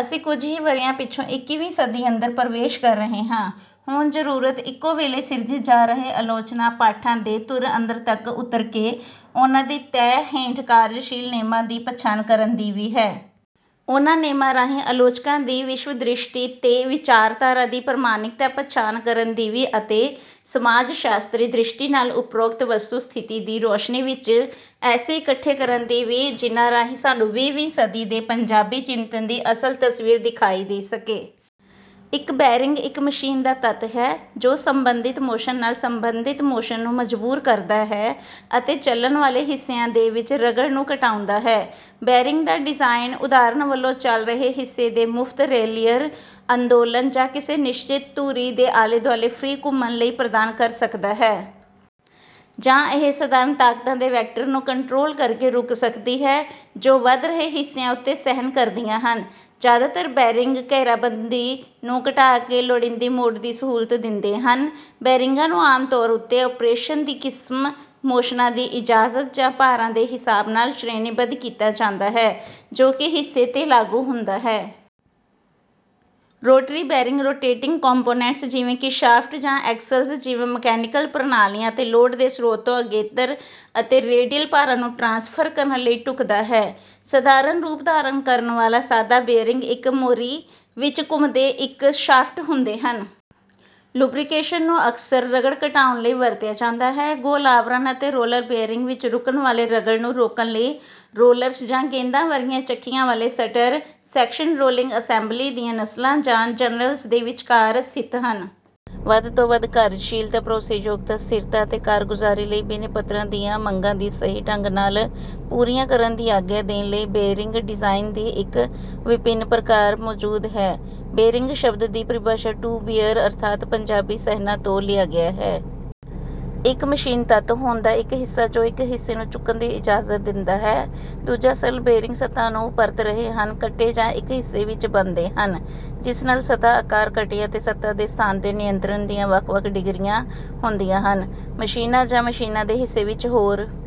ਅਸੀਂ ਕੁਝ ਹੀ ਵਰ੍ਹਿਆਂ ਪਿੱਛੋਂ ਇੱਕੀ ਵੀਂ ਸਦੀ ਅੰਦਰ ਪ੍ਰਵੇਸ਼ ਕਰ ਰਹੇ ਹਾਂ। ਹੁਣ ਜ਼ਰੂਰਤ ਇੱਕੋ ਵੇਲੇ ਸਿਰਜੇ ਜਾ ਰਹੇ ਆਲੋਚਨਾ ਪਾਠਾਂ ਦੇ ਧੁਰ ਅੰਦਰ ਤੱਕ ਉੱਤਰ ਕੇ ਉਹਨਾਂ ਦੀ ਤਹਿ ਹੇਠ ਕਾਰਜਸ਼ੀਲ ਨੇਮਾਂ ਦੀ ਪਛਾਣ ਕਰਨ ਦੀ ਵੀ ਹੈ। ਉਨ੍ਹਾਂ ਨੇਮਾਂ ਰਾਹੀਂ ਆਲੋਚਕਾਂ ਦੀ ਵਿਸ਼ਵਦ੍ਰਿਸ਼ਟੀ ਤੇ ਵਿਚਾਰਧਾਰਾ ਦੀ ਪ੍ਰਮਾਣਿਕਤਾ ਪਛਾਣ ਕਰਨ ਦੀ ਵੀ ਅਤੇ ਸਮਾਜਸ਼ਾਸਤਰੀ ਦ੍ਰਿਸ਼ਟੀ ਨਾਲ ਉਪਰੋਕਤ ਵਸਤੂ ਸਥਿਤੀ ਦੀ ਰੌਸ਼ਨੀ ਵਿੱਚ ਐਸੇ ਇਕੱਠੇ ਕਰਨ ਦੀ ਵੀ ਜਿਨ੍ਹਾਂ ਰਾਹੀਂ ਸਾਨੂੰ ਵੀਹ ਵੀਂ ਸਦੀ ਦੇ ਪੰਜਾਬੀ ਚਿੰਤਨ ਦੀ ਅਸਲ ਤਸਵੀਰ ਦਿਖਾਈ ਦੇ ਸਕੇ। ਇੱਕ ਬੈਰਿੰਗ ਇੱਕ ਮਸ਼ੀਨ ਦਾ ਤੱਤ ਹੈ ਜੋ ਸੰਬੰਧਿਤ ਮੋਸ਼ਨ ਨਾਲ ਸੰਬੰਧਿਤ ਮੋਸ਼ਨ ਨੂੰ ਮਜਬੂਰ ਕਰਦਾ ਹੈ ਅਤੇ ਚਲਣ ਵਾਲੇ ਹਿੱਸਿਆਂ ਦੇ ਵਿੱਚ ਰਗੜ ਨੂੰ ਘਟਾਉਂਦਾ ਹੈ। ਬੈਰਿੰਗ ਦਾ ਡਿਜ਼ਾਈਨ ਉਦਾਹਰਣ ਵਜੋਂ ਚੱਲ ਰਹੇ ਹਿੱਸੇ ਦੇ ਮੁਫਤ ਰੇਲੀਅਰ ਅੰਦੋਲਨ ਜਾਂ ਕਿਸੇ ਨਿਸ਼ਚਿਤ ਧੁਰੀ ਦੇ ਆਲੇ ਦੁਆਲੇ ਫ੍ਰੀ ਘੁੰਮਣ ਲਈ ਪ੍ਰਦਾਨ ਕਰ ਸਕਦਾ ਹੈ। ਜਾਂ ਇਹ ਸਧਾਰਣ ਤਾਕਤਾਂ ਦੇ ਵੈਕਟਰ ਨੂੰ ਕੰਟਰੋਲ ਕਰਕੇ ਰੁਕ ਸਕਦੀ ਹੈ ਜੋ ਵਧ ਰਹੇ ਹਿੱਸਿਆਂ ਉੱਤੇ ਸਹਿਣ ਕਰਦੀਆਂ ਹਨ। ਜ਼ਿਆਦਾਤਰ ਬੈਰਿੰਗ ਘੇਰਾਬੰਦੀ ਨੂੰ ਘਟਾ ਕੇ ਲੋੜੀਦੀ ਮੋਡ ਦੀ ਸਹੂਲਤ ਦਿੰਦੇ ਹਨ। ਬੈਰਿੰਗਾਂ ਨੂੰ ਆਮ ਤੌਰ ਉੱਤੇ ਅਪਰੇਸ਼ਨ ਦੀ ਕਿਸਮ ਮੋਸ਼ਨਾਂ ਦੀ ਇਜਾਜ਼ਤ ਜਾਂ ਭਾਰਾਂ ਦੇ ਹਿਸਾਬ ਨਾਲ ਸ਼੍ਰੇਣੀਬੱਧ ਕੀਤਾ ਜਾਂਦਾ ਹੈ ਜੋ ਕਿ ਹਿੱਸੇ ਤੇ ਲਾਗੂ ਹੁੰਦਾ ਹੈ। ਰੋਟਰੀ ਬੈਰਿੰਗ ਰੋਟੇਟਿੰਗ ਕੰਪੋਨੈਂਟਸ ਜਿਵੇਂ ਕਿ ਸ਼ਾਫਟ ਜਾਂ ਐਕਸਲਜ਼ ਜਿਵੇਂ ਮਕੈਨੀਕਲ ਪ੍ਰਣਾਲੀਆਂ ਅਤੇ ਲੋਡ ਦੇ ਸਰੋਤ ਤੋਂ ਅਗੇਤਰ ਅਤੇ ਰੈਡੀਅਲ ਭਾਰਾਂ ਨੂੰ ਟਰਾਂਸਫਰ ਕਰਨ ਲਈ ਢੁਕਦਾ ਹੈ। ਸਾਧਾਰਣ ਰੂਪ ਧਾਰਨ ਕਰਨ ਵਾਲਾ ਸਾਦਾ ਬੇਅਰਿੰਗ ਇੱਕ ਮੋਰੀ ਵਿੱਚ ਘੁੰਮਦੇ ਇੱਕ ਸ਼ਾਫਟ ਹੁੰਦੇ ਹਨ। ਲੁਬਰੀਕੇਸ਼ਨ ਨੂੰ ਅਕਸਰ ਰਗੜ ਘਟਾਉਣ ਲਈ ਵਰਤਿਆ ਜਾਂਦਾ ਹੈ। ਗੋਲ ਆਵਰਣ ਅਤੇ ਰੋਲਰ ਬੇਅਰਿੰਗ ਵਿੱਚ ਰੁਕਣ ਵਾਲੇ ਰਗੜ ਨੂੰ ਰੋਕਣ ਲਈ ਰੋਲਰਸ ਜਾਂ ਗੇਂਦਾਂ ਵਰਗੀਆਂ ਚੱਕੀਆਂ ਵਾਲੇ ਸਟਰ ਸੈਕਸ਼ਨ ਰੋਲਿੰਗ ਅਸੈਂਬਲੀ ਦੀਆਂ ਨਸਲਾਂ ਜਾਂ ਜਰਨਲਜ਼ ਦੇ ਵਿਚਕਾਰ ਸਥਿਤ ਹਨ। ਵੱਧ ਤੋਂ ਵੱਧ ਕਾਰਜਸ਼ੀਲਤਾ ਭਰੋਸੇਯੋਗਤਾ ਸਥਿਰਤਾ ਅਤੇ ਕਾਰਗੁਜ਼ਾਰੀ ਲਈ ਬਿਨੈ ਪੱਤਰਾਂ ਦੀਆਂ ਮੰਗਾਂ ਦੀ ਸਹੀ ਢੰਗ ਨਾਲ ਪੂਰੀਆਂ ਕਰਨ ਦੀ ਆਗਿਆ ਦੇਣ ਲਈ ਬੇਅਰਿੰਗ ਡਿਜ਼ਾਈਨ ਦੀ ਇੱਕ ਵਿਭਿੰਨ ਪ੍ਰਕਾਰ ਮੌਜੂਦ ਹੈ। ਬੈਰਿੰਗ ਸ਼ਬਦ ਦੀ ਪਰਿਭਾਸ਼ਾ ਟੂ ਬੀਅਰ ਅਰਥਾਤ ਪੰਜਾਬੀ ਸਹਿਣਾ ਤੋਂ ਲਿਆ ਗਿਆ ਹੈ। ਇੱਕ ਮਸ਼ੀਨ ਤੱਤ ਹੋਣ ਦਾ ਇੱਕ ਹਿੱਸਾ ਜੋ ਇੱਕ ਹਿੱਸੇ ਨੂੰ ਚੁੱਕਣ ਦੀ ਇਜਾਜ਼ਤ ਦਿੰਦਾ ਹੈ। ਦੂਜਾ ਸਰਲ ਬੈਰਿੰਗ ਸਤਹਾਂ ਨੂੰ ਪਰਤ ਰਹੇ ਹਨ ਕੱਟੇ ਜਾਂ ਇੱਕ ਹਿੱਸੇ ਵਿੱਚ ਬਣਦੇ ਹਨ ਜਿਸ ਨਾਲ ਸਤਹ ਆਕਾਰ ਘਟੀਆ ਅਤੇ ਸਤ੍ਹਾ ਦੇ ਸਥਾਨ ਤੇ ਨਿਯੰਤਰਣ ਦੀਆਂ ਵੱਖ ਵੱਖ ਡਿਗਰੀਆਂ ਹੁੰਦੀਆਂ ਹਨ। ਮਸ਼ੀਨਾਂ ਜਾਂ ਮਸ਼ੀਨਾਂ ਦੇ ਹਿੱਸੇ ਵਿੱਚ ਹੋਰ